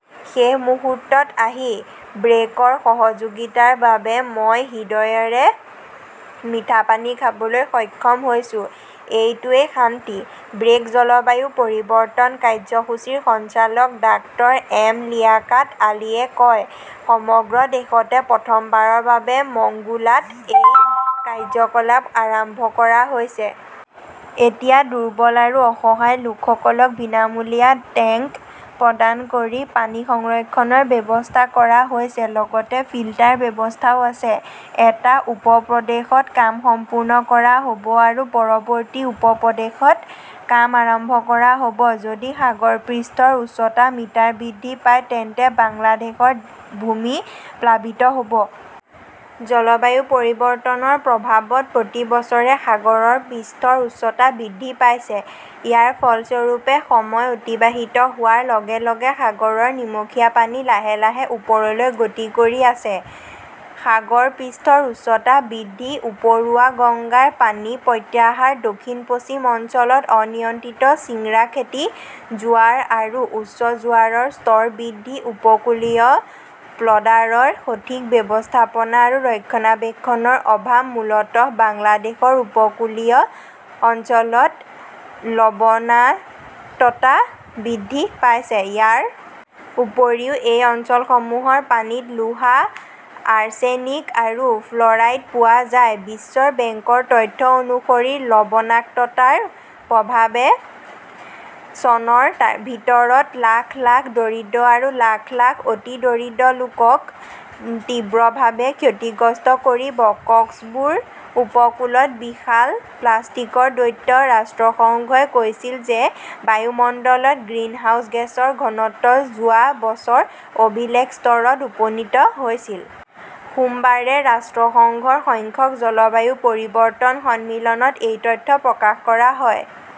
শেষ মুহূৰ্তত আহি ব্ৰেকৰ সহযোগিতাৰ বাবে মই হৃদয়ৰে মিঠা পানী খাবলৈ সক্ষম হৈছো। এইটোৱেই শান্তি। ব্ৰেক জলবায়ু পৰিৱৰ্তন কাৰ্যসূচীৰ সঞ্চালক ডাঃ এম লিয়াকাত আলীয়ে কয়, সমগ্ৰ দেশতে প্ৰথমবাৰৰ বাবে মংগোলাত এই কাৰ্য্যকলাপ আৰম্ভ কৰা হৈছে। এতিয়া দুৰ্বল আৰু অসহায় লোকসকলক বিনামূলীয়া টেংক প্ৰদান কৰি পানী সংৰক্ষণৰ ব্যৱস্থা কৰা হৈছে। লগতে ফিল্টাৰ ব্যৱস্থাও আছে। এটা উপ-প্ৰদেশত কাম সম্পূৰ্ণ কৰা হ'ব আৰু পৰৱৰ্তী উপ-প্ৰদেশত কাম আৰম্ভ কৰা হ'ব। যদি সাগৰ পৃষ্ঠৰ উচ্চতা মিটাৰ বৃদ্ধি পায় তেন্তে বাংলাদেশৰ ভূমি প্লাবিত হ 'ব। জলবায়ু পৰিৱৰ্তনৰ প্ৰভাৱত প্ৰতি বছৰে সাগৰৰ পৃষ্ঠৰ উচ্চতা বৃদ্ধি পাইছে। ইয়াৰ ফলস্বৰূপে, সময় অতিবাহিত হোৱাৰ লগে লগে সাগৰৰ নিমখীয়া পানী লাহে লাহে ওপৰলৈ গতি কৰি আছে। সাগৰ পৃষ্ঠৰ উচ্চতা বৃদ্ধি, উপৰুৱা গংগাৰ পানী প্ৰত্যাহাৰ, দক্ষিণ-পশ্চিম অঞ্চলত অনিয়ন্ত্ৰিত চিংৰা খেতি, জোৱাৰ আৰু উচ্চ জোৱাৰৰ স্তৰ বৃদ্ধি, উপকূলীয় প্লডাৰৰ সঠিক ব্যৱস্থাপনা আৰু ৰক্ষণাবেক্ষণৰ অভাৱ, মূলতঃ বাংলাদেশৰ উপকূলীয় অঞ্চলত লবণাক্ততা বৃদ্ধি পাইছে। ইয়াৰ উপৰিও এই অঞ্চলসমূহৰ পানীত লোহা, আৰ্ছেনিক আৰু ফ্ল'ৰাইড পোৱা যায়। বিশ্ব বেংকৰ তথ্য অনুসৰি, লবণাক্ততাৰ প্ৰভাৱে চনৰ ভিতৰত লাখ লাখ দৰিদ্ৰ আৰু লাখ লাখ অতি দৰিদ্ৰ লোকক তীব্ৰভাৱে ক্ষতিগ্ৰস্ত কৰিব। কক্সবুৰ উপকূলত বিশাল 'প্লাষ্টিকৰ দৈত্য' ৰাষ্ট্ৰসংঘই কৈছিল যে বায়ুমণ্ডলত গ্ৰিনহাউজ গেছৰ ঘনত্ব যোৱা বছৰ অভিলেখ স্তৰত উপনীত হৈছিল। সোমবাৰে ৰাষ্ট্ৰসংঘৰ সংখ্যক জলবায়ু পৰিৱৰ্তন সন্মিলনত এই তথ্য প্ৰকাশ কৰা হয়।